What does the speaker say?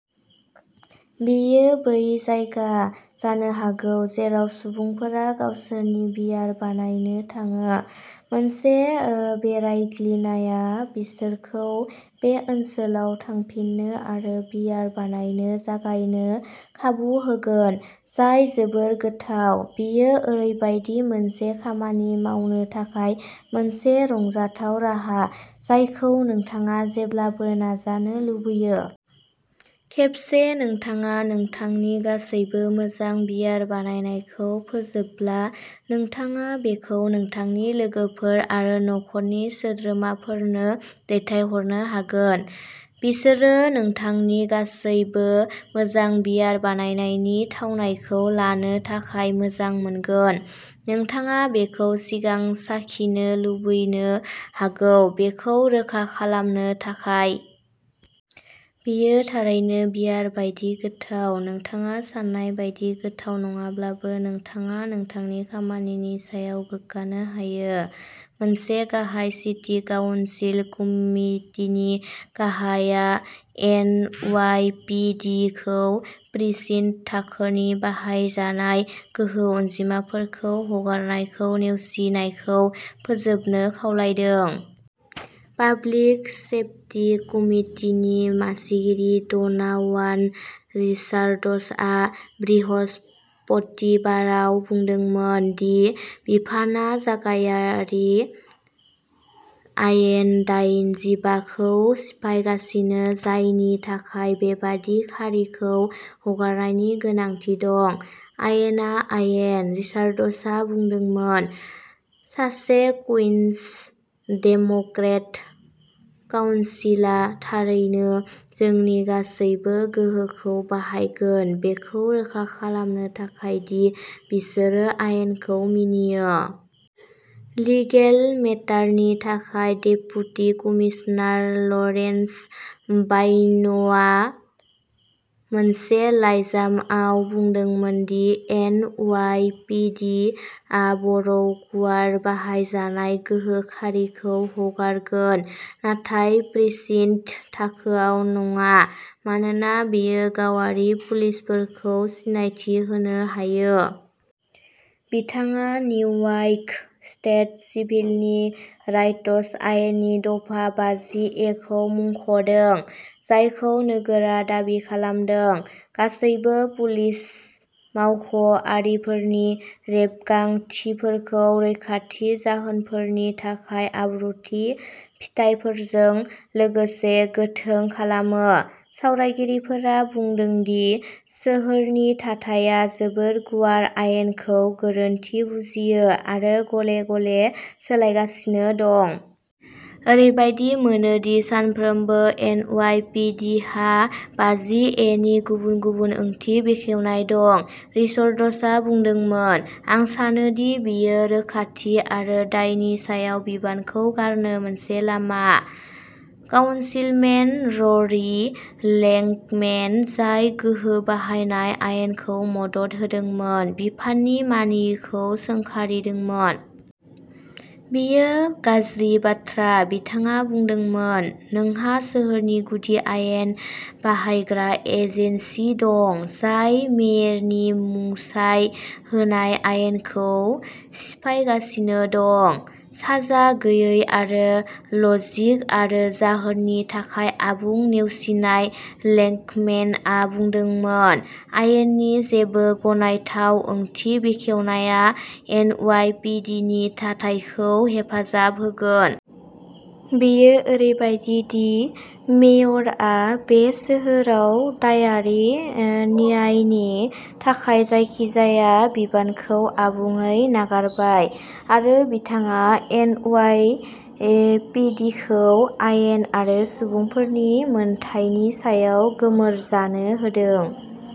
बेयो बै जायगा जानो हागौ जेराव सुबुंफोरा गावसोरनि बियार बानायनो थाङो। मोनसे बेरायग्लिनाया बिसोरखौ बे ओनसोलाव थांफिननो आरो बियार बानायनो जागायनो खाबु होगोन जाय जोबोद गोथाव। बेयो ओरैबायदि मोनसे खामानि मावनो थाखाय मोनसे रंजाथाव राहा जायखौ नोंथाङा जेब्लाबो नाजानो लुबैदों। खेबसे नोंथाङा नोंथांनि गासैबो मोजां बियार बानायनायखौ फोजोबब्ला, नोंथाङा बेखौ नोंथांनि लोगोफोर आरो नखरनि सोद्रोमाफोरनो दैथायहरनो हागोन। बिसोरो नोंथांनि गासैबो मोजां बियार बानायनायनि थावनायखौ लानो थाखाय मोजां मोनगोन। नोंथाङा बेखौ सिगां साखिनो लुबैनो हागौ बेखौ रोखा खालामनो थाखाय। बेयो थारैनो बियार बायदि गोथाव। नोंथाङा सान्नाय बायदि गोथाव नङाब्लाबो, नोंथाङा नोंथांनि खामानिनि सायाव गोग्गानो हायो। मोनसे गाहाय सिटी काउन्सिल कमिटिनि गाहाया एन वाइ पि दि खौ प्रिसिन्ट-थाखोनि बाहायजानाय गोहो अनजिमाफोरखौ हगारनायखौ नेवसिनायखौ फोजोबनो खावलायदों। पाब्लिक सेफटि कमितिनि मासिगिरि ड'नावान रिचार्ड्सआ बृहस्पतिबाराव बुंदोंमोन दि बिफानआ जायगायारि आयेन दाइजिबाखौ सिफायगासिनो, जायनि थाखाय बेबादि खारिखौ हगारनायनि गोनांथि दं। "आयेना आयेन", रिचार्ड्सआ बुंदोंमोन, सासे कुइनस डेम'क्रेट। "काउनसिला थारैनो जोंनि गासैबो गोहोखौ बाहायगोन बेखौ रोखा खालामनो थाखाय दि बिसोरो आयेनखौ मानियो।" लिगेल मेटारनि थाखाय डेपुटि कमिसनार लरेन्स बायर्नआ मोनसे लाइजामाव बुंदोंमोन the N Y P D आ बर' गुवार बाहायजानाय गोहो खारिखौ हगारगोन, नाथाय प्रिसिन्ट थाखोआव नङा मानोना बेयो गावारि पुलिसफोरखौ सिनायथि होनो हायो। बिथाङा निउयक स्टेट सिभिल राइटस आयेननि दफा बाजि ए खौ मुंख'दों, जायखौ नोगोरा दाबि खालामदों। गासैबो पुलिस मावख'आरिफोरनि रेबगान्थिफोरखौ रैखाथि जाहोनफोरनि थाखाय आब्रुथि फिथायफोरजों लोगोसे गोथों खालामो। सावरायगिरिफोरा बुंदों दि सोहोरनि थाथाया जोबोद गुवार, आयेनखौ गोरोन्थि बुजियो आरो गले-गले सोलायगासिनो दं। "ओरैबायदि मोनो दि सानफ्रोमबो, एनवाइपीडीहा बाजि-ए नि गुबुन-गुबुन ओंथि बेखेवनाय दं", रिचर्ड्सआ बुंदोंमोन। "आं सानो दि बेयो रोखाथि आरो दायनि सायाव बिबानखौ गारनो मोनसे लामा।" काउनसिलमेन र'री लेंकमेन, जाय गोहो बाहायनाय आयेनखौ मदद होदोंमोन, बिफाननि मानियैखौ सोंखारिदोंमोन। "बेयो गाज्रि बाथ्रा", बिथाङा बुंदोंमोन। "नोंहा सोहोरनि गुदि आयेन बाहायग्रा एजेन्सि दं जाय मेयरनि मुंसाइ होनाय आयेनखौ सिफायगासिनो दं, साजा गैयै आरो लजिक आरो जाहोननि थाखाय आबुं नेवसिनाय।" लेंकमेनआ बुंदोंमोन "आयेननि जेबो गनायथाव ओंथि बेखेवनाया" एनवाईपीडीनि थाथायखौ हेफाजाब होगोन। "बेयो ओरैबादि दि मेयरआ बे सोहोराव दायारि न्यायनि थाखाय जायखिजाया बिबानखौ आबुङै नागारबाय आरो बिथाङा एनवाईपीडीखौ आयेन आरो सुबुंफोरनि मोनथायनि सायाव गोमोर जानो होदों।